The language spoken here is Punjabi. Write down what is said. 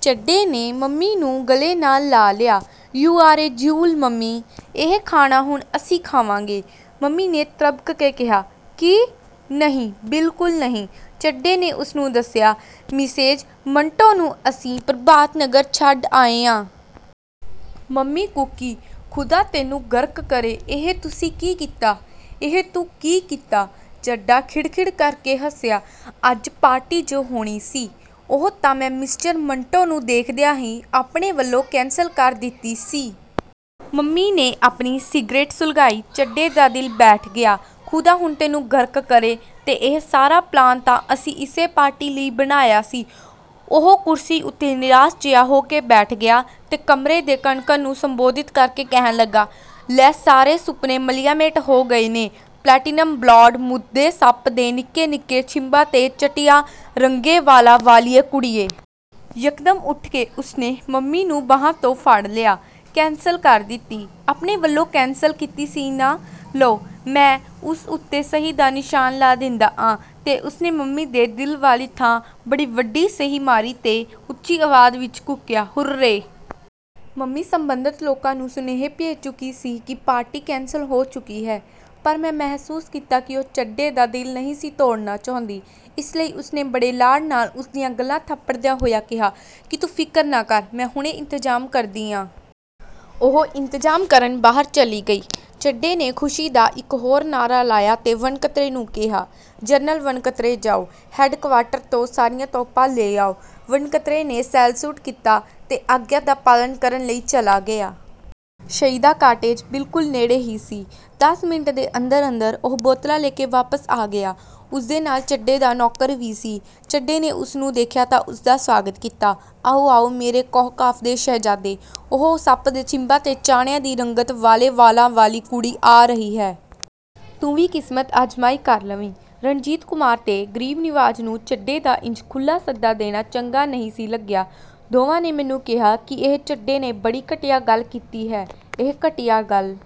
ਚੱਡੇ ਨੇ ਮੰਮੀ ਨੂੰ ਗਲੇ ਨਾਲ ਲਾ ਲਿਆ, you are a jewel mummy! ਇਹ ਖਾਣਾ ਹੁਣ ਅਸੀਂ ਖਾਵਾਂਗੇ। " ਮੰਮੀ ਨੇ ਤ੍ਰਬਕ ਕੇ ਕਿਹਾ, "ਕੀ? ਨਹੀਂ, ਬਿਲਕੁਲ ਨਹੀਂ। "ਚੱਡੇ ਨੇ ਉਸਨੂੰ ਦੱਸਿਆ, "ਮਿਸੇਜ ਮੰਟੋ ਨੂੰ ਅਸੀਂ ਪ੍ਰਭਾਤ ਨਗਰ ਛੱਡ ਆਏ ਆਂ। " ਮੰਮੀ ਕੂਕੀ, "ਖ਼ੁਦਾ ਤੈਨੂੰ ਗਰਕ ਕਰੇ ਇਹ ਤੁਸੀਂ ਕੀ ਕੀਤਾ, ਇਹ ਤੂੰ ਕੀ ਕੀਤਾ? ਚੱਡਾ ਖਿੜਖਿੜ ਕਰਕੇ ਹੱਸਿਆ, "ਅੱਜ ਪਾਰਟੀ ਜੋ ਹੋਣੀ ਸੀ।" "ਉਹ ਤਾਂ ਮੈਂ ਮਿਸਟਰ ਮੰਟੋ ਨੂੰ ਦੇਖਦਿਆਂ ਹੀ ਆਪਣੇ ਵੱਲੋਂ ਕੈਂਸਲ ਕਰ ਦਿੱਤੀ ਸੀ। "ਮੰਮੀ ਨੇ ਆਪਣੀ ਸਿਗਰੇਟ ਸੁਲਗਾਈ। ਚੱਡੇ ਦਾ ਦਿਲ ਬੈਠ ਗਿਆ। "ਖ਼ੁਦਾ ਹੁਣ ਤੈਨੂੰ ਗਰਕ ਕਰੇ ਤੇ ਇਹ ਸਾਰਾ ਪਲਾਨ ਤਾਂ ਅਸੀਂ ਇਸੇ ਪਾਰਟੀ ਲਈ ਬਣਾਇਆ ਸੀ। "ਉਹ ਕੁਰਸੀ ਉੱਤੇ ਨਿਰਾਸ਼ ਜਿਹਾ ਹੋ ਕੇ ਬੈਠ ਗਿਆ ਤੇ ਕਮਰੇ ਦੇ ਕਣ-ਕਣ ਨੂੰ ਸੰਬੋਧਿਤ ਕਰਕੇ ਕਹਿਣ ਲੱਗਾ, "ਲੈ, ਸਾਰੇ ਸੁਪਨੇ ਮਲੀਆਮੇਟ ਹੋ ਗਏ ਨੇ, ਪਲੇਟੀਨਮ ਬਲੌਂਡ, ਮੂਧੇ ਸੱਪ ਦੇ ਨਿੱਕੇ-ਨਿੱਕੇ ਛਿੰਭਾਂ ਤੇ ਚਟਿਆ ਰੰਗੇ ਵਾਲਾਂ ਵਾਲੀਏ ਕੁੜੀਏ। "ਯਕਦਮ ਉੱਠ ਕੇ ਉਸਨੇ ਮੰਮੀ ਨੂੰ ਬਾਹਾਂ ਤੋਂ ਫੜ੍ਹ ਲਿਆ, "ਕੈਂਸਲ ਕਰ ਦਿੱਤੀ, ਆਪਣੇ ਵੱਲੋਂ ਕੈਂਸਲ ਕੀਤੀ ਸੀ ਨਾ। ਲਓ, ਮੈਂ ਉਸ ਉੱਤੇ ਸਹੀ ਦਾ ਨਿਸ਼ਾਨ ਲਾ ਦੇਂਦਾ ਆਂ। "ਤੇ ਉਸਨੇ ਮੰਮੀ ਦੇ ਦਿਲ ਵਾਲੀ ਥਾਂ ਬੜੀ ਵੱਡੀ ਸਹੀ ਮਾਰੀ ਤੇ ਉੱਚੀ ਆਵਾਜ਼ ਵਿਚ ਕੂਕਿਆ, "ਹੁਰ-ਰੇ! " ਮੰਮੀ ਸਬੰਧਤ ਲੋਕਾਂ ਨੂੰ ਸੁਨੇਹੇ ਭੇਜ ਚੁੱਕੀ ਸੀ ਕਿ ਪਾਰਟੀ ਕੈਂਸਲ ਹੋ ਚੁੱਕੀ ਹੈ। ਪਰ ਮੈਂ ਮਹਿਸੂਸ ਕੀਤਾ ਕਿ ਉਹ ਚੱਡੇ ਦਾ ਦਿਲ ਨਹੀਂ ਸੀ ਤੋੜਨਾ ਚਾਹੁੰਦੀ। ਇਸ ਲਈ ਉਸਨੇ ਬੜੇ ਲਾਡ ਨਾਲ ਉਸ ਦੀਆਂ ਗੱਲ੍ਹਾਂ ਥਾਪੜਦਿਆਂ ਹੋਇਆਂ ਕਿਹਾ, "ਤੂੰ ਫਿਕਰ ਨਾ ਕਰ ਮੈਂ ਹੁਣੇ ਇੰਤਜ਼ਾਮ ਕਰਦੀ ਆਂ। " ਉਹ ਇੰਤਜ਼ਾਮ ਕਰਨ ਬਾਹਰ ਚਲੀ ਗਈ। ਚੱਡੇ ਨੇ ਖੁਸ਼ੀ ਦਾ ਇਕ ਹੋਰ ਨਾਅਰਾ ਲਾਇਆ ਤੇ ਵਣਕਤਰੇ ਨੂੰ ਕਿਹਾ, "ਜਨਰਲ ਵਣਕਤਰੇ ਜਾਓ, ਹੈਡਕਵਾਰਟਰ ਤੋਂ ਸਾਰੀਆਂ ਤੋਪਾਂ ਲੈ ਆਓ। "ਵਣਕਤਰੇ ਨੇ ਸੈਲਸੂਟ ਕੀਤਾ ਤੇ ਆਗਿਆ ਦਾ ਪਾਲਨ ਕਰਨ ਲਈ ਚਲਾ ਗਿਆ। ਸ਼ਈਦਾ ਕਾਟੇਜ ਬਿਲਕੁਲ ਨੇੜੇ ਹੀ ਸੀ। ਦਸ ਮਿੰਟ ਦੇ ਅੰਦਰ-ਅੰਦਰ ਉਹ ਬੋਤਲਾਂ ਲੈ ਕੇ ਵਾਪਸ ਆ ਗਿਆ। ਉਸਦੇ ਨਾਲ ਚੱਡੇ ਦਾ ਨੌਕਰ ਵੀ ਸੀ। ਚੱਡੇ ਨੇ ਉਸਨੂੰ ਦੇਖਿਆ ਤਾਂ ਉਸਦਾ ਸਵਾਗਤ ਕੀਤਾ, "ਆਓ, ਆਓ ਮੇਰੇ ਕੋਹਕਾਫ ਦੇ ਸ਼ਹਿਜ਼ਾਦੇ" ਉਹ ਸੱਪ ਦੇ ਚਿੰਬਾਂ ਤੇ ਚਾਣਿਆਂ ਦੀ ਰੰਗਤ ਵਾਲੇ ਵਾਲਾਂ ਵਾਲੀ ਕੁੜੀ ਆ ਰਹੀ ਹੈ। ਤੂੰ ਵੀ ਕਿਸਮਤ ਆਜਮਾਈ ਕਰ ਲਵੀਂ। "ਰਣਜੀਤ ਕੁਮਾਰ ਤੇ ਗਰੀਬ ਨਿਵਾਜ ਨੂੰ ਚੱਡੇ ਦਾ ਇੰਜ ਖੁੱਲ੍ਹਾ ਸੱਦਾ ਦੇਣਾ ਚੰਗਾ ਨਹੀਂ ਸੀ ਲੱਗਿਆ। ਦੋਵਾਂ ਨੇ ਮੈਨੂੰ ਕਿਹਾ ਕਿ ਇਹ ਚੱਡੇ ਨੇ ਬੜੀ ਘਟੀਆ ਗੱਲ ਕੀਤੀ ਹੈ। ਇਹ ਘਟੀਆ ਗੱਲ